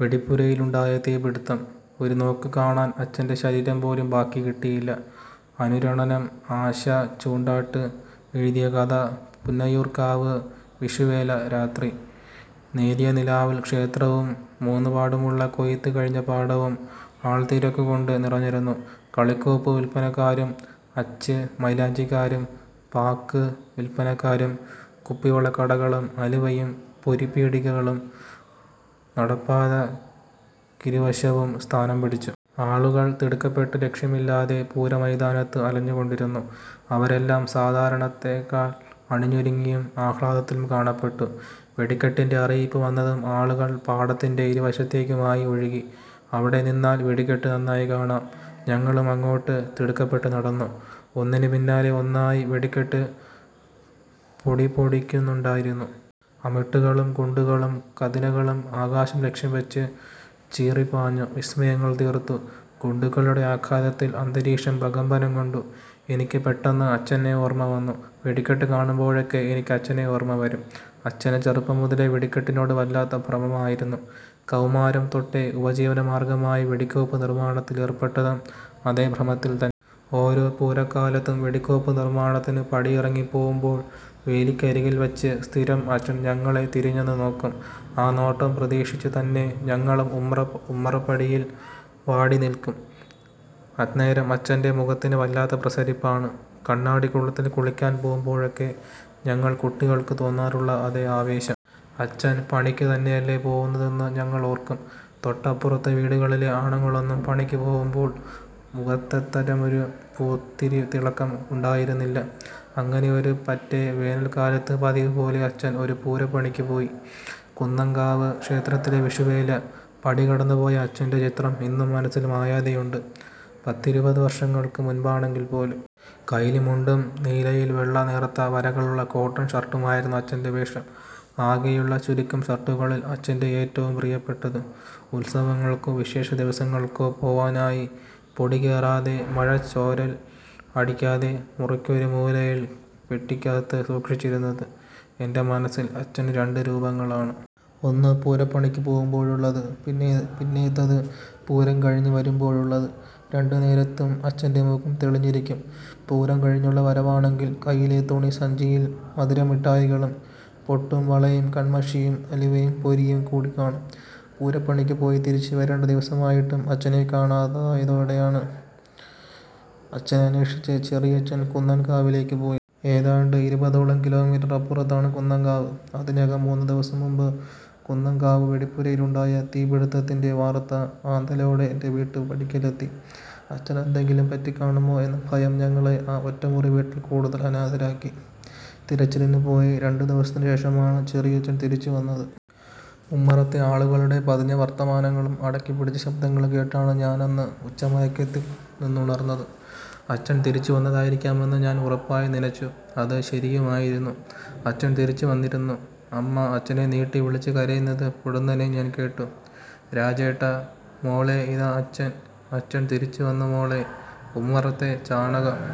വെടിപ്പുരയിലുണ്ടായ തീപിടുത്തം; 'ഒരുനോക്ക് കാണാൻ അച്ഛന്റെ ശരീരം പോലും ബാക്കി കിട്ടിയില്ല... ' അനുരണനം – ആശ ചുണ്ടാട്ട് എഴുതിയ കഥ പുന്നയൂർകാവ് വിഷുവേല രാത്രി. നേരിയ നിലാവിൽ ക്ഷേത്രവും മൂന്നുപാടുമുള്ള കൊയ്ത്ത് കഴിഞ്ഞ പാടവും ആൾതിരക്കുകൊണ്ട് നിറഞ്ഞിരുന്നു. കളികോപ്പ് വിൽപ്പനക്കാരും, അച്ച് മൈലാഞ്ചിക്കാരും, പാക്ക് വിൽപ്പനക്കാരും, കുപ്പിവള കടകളും, അലുവയും പൊരി പീടികകളും നടപ്പാതക്കിരുവശവും സ്ഥാനം പിടിച്ചു. ആളുകൾ തിടുക്കപെട്ട് ലക്ഷ്യമില്ലാതെ പൂര മൈതാനത്ത് അലഞ്ഞുകൊണ്ടിരുന്നു. അവരെല്ലാം സാധാരണത്തേക്കാൾ അണിഞൊരുങ്ങിയും ആഹ്ലാദത്തിലും കാണപ്പെട്ടു. വെടിക്കെട്ടിന്റെ അറിയിപ്പ് വന്നതും ആളുകൾ പാടത്തിന്റെ ഇരു വശത്തേയ്ക്കുമായി ഒഴുകി. അവിടെ നിന്നാൽ വെടിക്കെട്ട് നന്നായി കാണാം. ഞങ്ങളും അങ്ങോട്ട് തിടുക്കപ്പെട്ട് നടന്നു. ഒന്നിന് പിന്നാലെ ഒന്നായി വെടിക്കെട്ട് പൊടിപൊടിയ്ക്കുന്നുണ്ടായിരുന്നു. അമിട്ടുകളും ഗുണ്ടുകളും കതിനകളും ആകാശം ലക്ഷ്യംവച്ച് ചീറി പാഞ്ഞു വിസ്മയങ്ങൾ തീർത്തു. ഗുണ്ടുകളുടെ ആഘാതത്തിൽ അന്തരീക്ഷം പ്രകമ്പനം കൊണ്ടു. എനിക്ക് പെട്ടെന്ന് അച്ഛനെ ഓർമ വന്നു. വെടിക്കെട്ടു കാണുമ്പോഴൊക്കെ എനിക്ക് അച്ഛനെ ഓർമ വരും. അച്ഛന് ചെറുപ്പം മുതലേ വെടിക്കെട്ടിനോട് വല്ലാത്ത ഭ്രമമായിരുന്നു. കൗമാരം തൊട്ടേ ഉപജീവന മാർഗമായി വെടികോപ്പ് നിർമാണത്തിൽ ഏർപ്പെട്ടതും അതേ ഭ്രമത്തിൽതന്നെ. ഓരോ പൂര കാലത്തും വെടികോപ്പ് നിർമാണത്തിനു പടിയിറങ്ങി പോവുമ്പോൾ വേലിക്കലിൽ വച്ച് സ്ഥിരം അച്ഛൻ ഞങ്ങളെ തിരിഞ്ഞൊന്നു നോക്കും. ആ നോട്ടം പ്രതീക്ഷിച്ചു തന്നെ ഞങ്ങളും ഉമ്മറ പടിയിൽ വാടി നിൽക്കും. അന്നേരം അച്ഛന്റെ മുഖത്തിന് വല്ലാത്ത പ്രസരിപ്പാണ്. കണ്ണാടി കുളത്തിൽ കുളിക്കാൻ പോവുമ്പോഴൊക്കെ ഞങ്ങൾ കുട്ടികൾക്ക് തോന്നാറുള്ള അതേ ആവേശം. അച്ഛൻ പണിയ്ക്ക് തന്നെയല്ലേ പോവുന്നതെന്ന് ഞങ്ങൾ ഓർക്കും. തൊട്ടപ്പുറത്തെ വീടുകളിലെ ആണുങ്ങളൊന്നും പണിക്ക് പോവുമ്പോൾ മുഖത്തത്തരമൊരു പൂത്തിരി തിളക്കം ഉണ്ടായിരുന്നില്ല. അങ്ങനെയൊരു പറ്റെ വേനൽ കാലത്ത് പതിവ് പോലെ അച്ഛൻ ഒരു പൂരപണിയ്ക്ക് പോയി, കുന്നംകാവ് ക്ഷേത്രത്തിലെ വിഷു വേല. പടി കടന്ന് പോയ അച്ഛന്റെ ചിത്രം ഇന്നും മനസ്സിൽ മായാതെയുണ്ട്, പത്തിരുപതു വർഷങ്ങൾക്ക് മുൻപാണെങ്കിൽ പോലും. കൈലി മുണ്ടും നീലയിൽ വെള്ള നേർത്ത വരകളുമുള്ള കോട്ടൺ ഷർട്ടുമായിരുന്നു അച്ഛന്റെ വേഷം. ആകെയുള്ള ചുരുക്കം ഷർട്ടുകളിൽ അച്ഛന്റെ ഏറ്റവും പ്രിയപ്പെട്ടത്. ഉത്സവങ്ങൾക്കോ വിശേഷ ദിവസങ്ങൾക്കോ പോവാനായി പൊടി കേറാതെ മഴ ചോരൽ അടിക്കാതെ മുറിക്കൊരു മൂലയിൽ പെട്ടിക്കകത്ത് സൂക്ഷിച്ചിരുന്നത്. എന്റെ മനസ്സിൽ അച്ഛന് രണ്ട് രൂപങ്ങളാണ്. ഒന്ന് പൂര പണിക്ക് പോവുമ്പോഴുള്ളത്, പിന്നത്തേത് പൂരം കഴിഞ്ഞ് വരുമ്പോഴുള്ളത്. രണ്ട് നേരത്തും അച്ഛന്റെ മുഖം തെളിഞ്ഞിരിക്കും. പൂരം കഴിഞ്ഞുള്ള വരവാണെങ്കിൽ കയ്യിലെ തുണി സഞ്ചിയിൽ മധുര മിട്ടായികളും, പൊട്ടും വളേം കണ്മഷിയും അലുവേം പൊരിയും കൂടി കാണും. പൂര പണിക്ക് പോയി തിരിച്ചു വരേണ്ട ദിവസമായിട്ടും അച്ഛനെ കാണാതായതോടെയാണ് അച്ഛനെ അന്വേഷിച് ചെറിയച്ഛൻ കുന്നൻ കാവിലേയ്ക്ക് പോയത്. ഏതാണ്ട് ഇരുപതോളം കിലോമീറ്റർ അപ്പുറത്താണ് കുന്നംകാവ്, അതിനകം മൂന്നു ദിവസം മുൻപ് കുന്നൻ കാവ് വെടിപ്പുരയിലുണ്ടായ തീ പിടുത്തത്തിന്റെ വാർത്ത ആന്തലോടെ എന്റെ വീട്ടു പടിക്കലെത്തി. അച്ഛനെന്തെങ്കിലും പറ്റി കാണുമോ എന്ന ഭയം ഞങ്ങളെ ആ ഒറ്റ മുറി വീട്ടിൽ കൂടുതൽ അനാഥരാക്കി. തിരച്ചിലിനു പോയി രണ്ട് ദിവസത്തിനു ശേഷമാണു ചെറിയച്ഛൻ തിരിച്ചു വന്നത്. ഉമ്മറത്തെ ആളുകളുടെ പതിഞ്ഞ വർത്തമാനങ്ങളും അടക്കി പിടിച്ച ശബ്ദങ്ങളും കേട്ടാണ് ഞാനന്ന് ഉച്ച മയക്കത്തിൽ നിന്നുണർന്നത്. അച്ഛൻ തിരിച്ചു വന്നതായിരിക്കാമെന്ന് ഞാൻ ഉറപ്പായും നിനച്ചു. അത് ശരിയുമായിരുന്നു. അച്ഛൻ തിരിച്ചു വന്നിരുന്നു. അമ്മ അച്ഛനെ നീട്ടി വിളിച്ചു കരയുന്നത് പൊടുന്നനെ ഞാൻ കേട്ടു. 'രാജേട്ടാ... മോളേ ഇതാ അച്ഛൻ.. അച്ഛൻ തിരിച്ചു വന്നു മോളേ.. ' ഉമ്മറത്തെ ചാണകം